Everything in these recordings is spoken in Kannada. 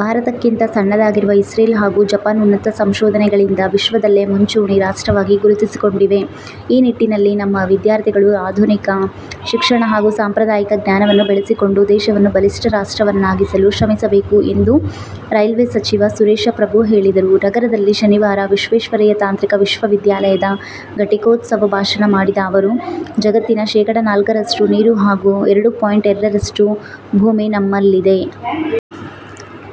ಭಾರತಕ್ಕಿಂತ ಸಣ್ಣದಾಗಿರುವ ಇಸ್ರೇಲ್ ಹಾಗೂ ಜಪಾನ್, ಉನ್ನತ ಸಂಶೋಧನೆಗಳಿಂದ ವಿಶ್ವದಲ್ಲೇ ಮುಂಚೂಣಿ ರಾಷ್ಟ್ರವಾಗಿ ಗುರುತಿಸಿಕೊಂಡಿವೆ. ಈ ನಿಟ್ಟಿನಲ್ಲಿ ನಮ್ಮ ವಿದ್ಯಾರ್ಥಿಗಳು ಆಧುನಿಕ ಶಿಕ್ಷಣ ಹಾಗೂ ಸಾಂಪ್ರದಾಯಿಕ ಜ್ಞಾನವನ್ನು ಬೆಳೆಸಿಕೊಂಡು ದೇಶವನ್ನು ಬಲಿಷ್ಠ ರಾಷ್ಟ್ರವನ್ನಾಗಿಸಲು ಶ್ರಮಿಸಬೇಕು ಎಂದು ರೈಲ್ವೆ ಸಚಿವ ಸುರೇಶ ಪ್ರಭು ಹೇಳಿದರು. ನಗರದಲ್ಲಿ ಶನಿವಾರ ವಿಶ್ವೇಶ್ವರಯ್ಯ ತಾಂತ್ರಿಕ ವಿಶ್ವವಿದ್ಯಾಲಯದ ಘಟಿಕೋತ್ಸವ ಭಾಷಣ ಮಾಡಿದ ಅವರು, ಜಗತ್ತಿನ ಶೇಖಡ ನಾಲ್ಕರಷ್ಟು ನೀರು ಹಾಗೂ ಎರಡು ಪಾಯಿಂಟ್ ಎರಡರಷ್ಟು ಭೂಮಿ ನಮ್ಮಲ್ಲಿದೆ.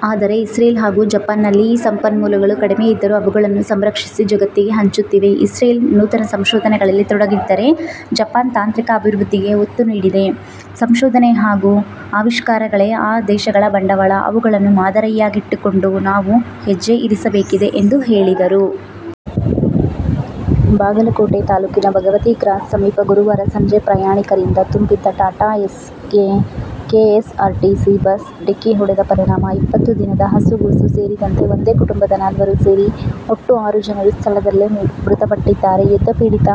ಆದರೆ ಇಸ್ರೇಲ್ ಹಾಗೂ ಜಪಾನ್ನಲ್ಲಿ ಈ ಸಂಪನ್ಮೂಲಗಳು ಕಡಿಮೆ ಇದ್ದರೂ ಅವುಗಳನ್ನು ಸಂರಕ್ಷಿಸಿ ಜಗತ್ತಿಗೆ ಹಂಚುತ್ತಿವೆ. ಇಸ್ರೇಲ್ ನೂತನ ಸಂಶೋಧನೆಗಳಲ್ಲಿ ತೊಡಗಿದ್ದರೆ ಜಪಾನ್ ತಾಂತ್ರಿಕ ಅಭಿವೃದ್ಧಿಗೆ ಒತ್ತು ನೀಡಿದೆ. ಸಂಶೋಧನೆ ಹಾಗೂ ಅವಿಷ್ಕಾರಗಳೇ ಆ ದೇಶಗಳ ಬಂಡವಾಳ. ಅವುಗಳನ್ನು ಮಾದರಿಯಾಗಿಟ್ಟುಕೊಂಡು ನಾವೂ ಹೆಜ್ಜೆ ಇರಿಸಬೇಕಿದೆ ಎಂದು ಹೇಳಿದರು. ಬಾಗಲಕೋಟೆ ತಾಲೂಕಿನ ಭಗವತಿ ಕ್ರಾಸ್ ಸಮೀಪ ಗುರುವಾರ ಸಂಜೆ ಪ್ರಯಾಣಿಕರಿಂದ ತುಂಬಿದ್ದ ಟಾಟಾ ಏಸ್ಗೆ ಕೆಎಸ್ಆರ್ಟಿಸಿ ಬಸ್ ಡಿಕ್ಕಿ ಹೊಡೆದ ಪರಿಣಾಮ ಇಪ್ಪತ್ತು ದಿನದ ಹಸುಗೂಸು ಸೇರಿದಂತೆ ಒಂದೇ ಕುಟುಂಬದ ನಾಲ್ವರು ಸೇರಿ ಒಟ್ಟು ಆರು ಜನರು ಸ್ಥಳದಲ್ಲೇ ಮೃತಪಟ್ಟಿದ್ದಾರೆ. ಯುದ್ಧಪೀಡಿತ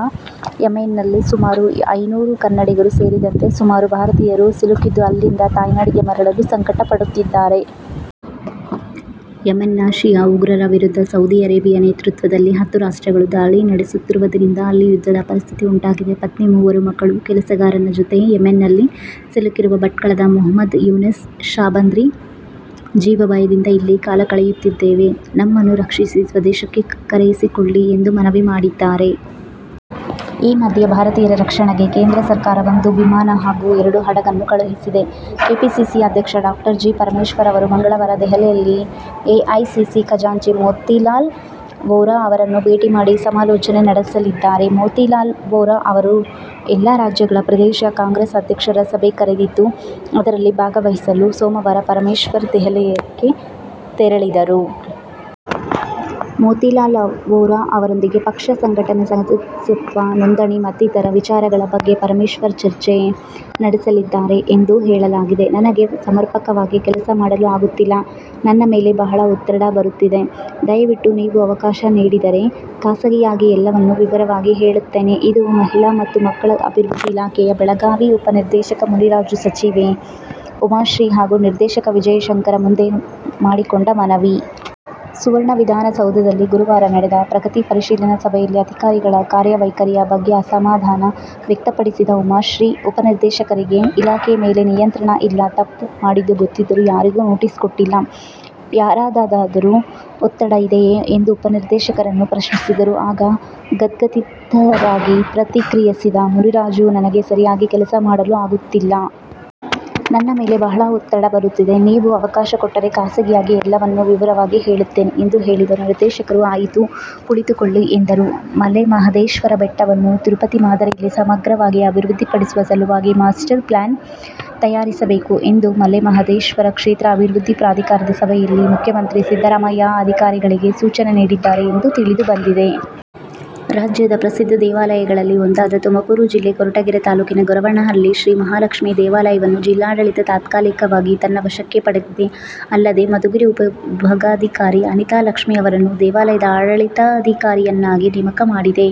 ಯೆಮೆನ್ನಲ್ಲಿ ಸುಮಾರು ಐನೂರು ಕನ್ನಡಿಗರು ಸೇರಿದಂತೆ ಸುಮಾರು ಭಾರತೀಯರು ಸಿಲುಕಿದ್ದು ಅಲ್ಲಿಂದ ತಾಯ್ನಾಡಿಗೆ ಮರಳಲು ಸಂಕಟ ಪಡುತ್ತಿದ್ದಾರೆ. ಯೆಮೆನ್ನ ಶಿಯಾ ಉಗ್ರರ ವಿರುದ್ಧ ಸೌದಿ ಅರೇಬಿಯಾ ನೇತೃತ್ವದಲ್ಲಿ ಹತ್ತು ರಾಷ್ಟ್ರಗಳು ದಾಳಿ ನಡೆಸುತ್ತಿರುವುದರಿಂದ ಅಲ್ಲಿ ಯುದ್ಧದ ಪರಿಸ್ಥಿತಿ ಉಂಟಾಗಿದೆ. ಪತ್ನಿ, ಮೂವರು ಮಕ್ಕಳು, ಕೆಲಸಗಾರನ ಜೊತೆ ಯೆಮೆನ್ನಲ್ಲಿ ಸಿಲುಕಿರುವ ಭಟ್ಕಳದ ಮುಹಮ್ಮದ್ ಯೂನಸ್ ಶಾಬಂದ್ರಿ, ಜೀವಭಯದಿಂದ ಇಲ್ಲಿ ಕಾಲ ಕಳೆಯುತ್ತಿದ್ದೇವೆ. ನಮ್ಮನ್ನು ರಕ್ಷಿಸಿ ಸ್ವದೇಶಕ್ಕೆ ಕರೆಯಿಸಿಕೊಳ್ಳಿ ಎಂದು ಮನವಿ ಮಾಡಿದ್ದಾರೆ. ಈ ಮಧ್ಯೆ ಭಾರತೀಯರ ರಕ್ಷಣೆಗೆ ಕೇಂದ್ರ ಸರ್ಕಾರ ಒಂದು ವಿಮಾನ ಹಾಗೂ ಎರಡು ಹಡಗನ್ನು ಕಳುಹಿಸಿದೆ. ಕೆಪಿಸಿಸಿ ಅಧ್ಯಕ್ಷ ಡಾ. ಜಿ. ಪರಮೇಶ್ವರ್ ಅವರು ಮಂಗಳವಾರ ದೆಹಲಿಯಲ್ಲಿ ಎಐಸಿಸಿ ಖಜಾಂಚಿ ಮೋತಿಲಾಲ್ ವೋರಾ ಅವರನ್ನು ಭೇಟಿ ಮಾಡಿ ಸಮಾಲೋಚನೆ ನಡೆಸಲಿದ್ದಾರೆ. ಮೋತಿಲಾಲ್ ವೋರಾ ಅವರು ಎಲ್ಲ ರಾಜ್ಯಗಳ ಪ್ರದೇಶ ಕಾಂಗ್ರೆಸ್ ಅಧ್ಯಕ್ಷರ ಸಭೆ ಕರೆದಿದ್ದು ಅದರಲ್ಲಿ ಭಾಗವಹಿಸಲು ಸೋಮವಾರ ಪರಮೇಶ್ವರ್ ದೆಹಲಿಗೆ ತೆರಳಿದರು. ಮೋತಿಲಾಲ್ ವೋರಾ ಅವರೊಂದಿಗೆ ಪಕ್ಷ ಸಂಘಟನೆ, ಸದಸ್ಯತ್ವ ನೋಂದಣಿ ಮತ್ತಿತರ ವಿಚಾರಗಳ ಬಗ್ಗೆ ಪರಮೇಶ್ವರ್ ಚರ್ಚೆ ನಡೆಸಲಿದ್ದಾರೆ ಎಂದು ಹೇಳಲಾಗಿದೆ. "ನನಗೆ ಸಮರ್ಪಕವಾಗಿ ಕೆಲಸ ಮಾಡಲು ಆಗುತ್ತಿಲ್ಲ. ನನ್ನ ಮೇಲೆ ಬಹಳ ಒತ್ತಡ ಬರುತ್ತಿದೆ. ದಯವಿಟ್ಟು ನೀವು ಅವಕಾಶ ನೀಡಿದರೆ ಖಾಸಗಿಯಾಗಿ ಎಲ್ಲವನ್ನೂ ವಿವರವಾಗಿ ಹೇಳುತ್ತೇನೆ 'ಇದು ಮಹಿಳಾ ಮತ್ತು ಮಕ್ಕಳ ಅಭಿವೃದ್ಧಿ ಇಲಾಖೆಯ ಬೆಳಗಾವಿ ಉಪನಿರ್ದೇಶಕ ಮುನಿರಾಜು ಸಚಿವೆ ಉಮಾಶ್ರೀ ಹಾಗೂ ನಿರ್ದೇಶಕ ವಿಜಯಶಂಕರ ಮುಂದೆ ಮಾಡಿಕೊಂಡ ಮನವಿ. ಸುವರ್ಣ ವಿಧಾನಸೌಧದಲ್ಲಿ ಗುರುವಾರ ನಡೆದ ಪ್ರಗತಿ ಪರಿಶೀಲನಾ ಸಭೆಯಲ್ಲಿ ಅಧಿಕಾರಿಗಳ ಕಾರ್ಯ ವೈಖರಿಯ ಬಗ್ಗೆ ಅಸಮಾಧಾನ ವ್ಯಕ್ತಪಡಿಸಿದ ಉಮಾಶ್ರೀ, ಉಪನಿರ್ದೇಶಕರಿಗೆ ಇಲಾಖೆ ಮೇಲೆ ನಿಯಂತ್ರಣ ಇಲ್ಲ. ತಪ್ಪು ಮಾಡಿದ್ದು ಗೊತ್ತಿದ್ದರೂ ಯಾರಿಗೂ ನೋಟೀಸ್ ಕೊಟ್ಟಿಲ್ಲ. ಯಾರದಾದರೂ ಒತ್ತಡ ಇದೆಯೇ ಎಂದು ಉಪನಿರ್ದೇಶಕರನ್ನು ಪ್ರಶ್ನಿಸಿದರು. ಆಗ ಗದ್ಗದಿತರಾಗಿ ಪ್ರತಿಕ್ರಿಯಿಸಿದ ಮುನಿರಾಜು, " ನನಗೆ ಸರಿಯಾಗಿ ಕೆಲಸ ಮಾಡಲು ಆಗುತ್ತಿಲ್ಲ. ನನ್ನ ಮೇಲೆ ಬಹಳ ಒತ್ತಡ ಬರುತ್ತಿದೆ. ನೀವು ಅವಕಾಶ ಕೊಟ್ಟರೆ ಖಾಸಗಿಯಾಗಿ ಎಲ್ಲವನ್ನು ವಿವರವಾಗಿ ಹೇಳುತ್ತೇನೆ' ಎಂದು ಹೇಳಿದರು. ನಿರ್ದೇಶಕರು "ಆಯಿತು, ಕುಳಿತುಕೊಳ್ಳಿ' ಎಂದರು. ಮಲೆ ಮಹದೇಶ್ವರ ಬೆಟ್ಟವನ್ನು ತಿರುಪತಿ ಮಾದರಿಯಲ್ಲಿ ಸಮಗ್ರವಾಗಿ ಅಭಿವೃದ್ಧಿ ಪಡಿಸುವ ಸಲುವಾಗಿ ಮಾಸ್ಟರ್ ಪ್ಲ್ರಾನ್ ತಯಾರಿಸಬೇಕು ಎಂದು ಮಲೆ ಮಹದೇಶ್ವರ ಕ್ಷೇತ್ರ ಅಭಿವೃದ್ಧಿ ಪ್ರಾಧಿಕಾರದ ಸಭೆಯಲ್ಲಿ ಮುಖ್ಯಮಂತ್ರಿ ಸಿದ್ಧರಾಮಯ್ಯ ಅಧಿಕಾರಿಗಳಿಗೆ ಸೂಚನೆ ನೀಡಿದ್ದಾರೆ ಎಂದು ತಿಳಿದು ಬಂದಿದೆ. ರಾಜ್ಯದ ಪ್ರಸಿದ್ದ ದೇವಾಲಯಗಳಲ್ಲಿ ಒಂದಾದ ತುಮಕೂರು ಜಿಲ್ಲೆ ಕೊರಟಗೆರೆ ತಾಲೂಕಿನ ಗೊರವನಹಳ್ಳಿ ಶ್ರೀ ಮಹಾಲಕ್ಷ್ಮೀ ದೇವಾಲಯವನ್ನು ಜಿಲ್ಲಾಡಳಿತ ತಾತ್ಕಾಲಿಕವಾಗಿ ತನ್ನ ವಶಕ್ಕೆ ಪಡೆದಿದೆ. ಅಲ್ಲದೆ, ಮಧುಗಿರಿ ಉಪವಿಭಾಗಾಧಿಕಾರಿ ಅನಿತಾ ಲಕ್ಷ್ಮೀ ಅವರನ್ನು ದೇವಾಲಯದ ಆಡಳಿತಾಧಿಕಾರಿಯನ್ನಾಗಿ ನೇಮಕ ಮಾಡಿದೆ.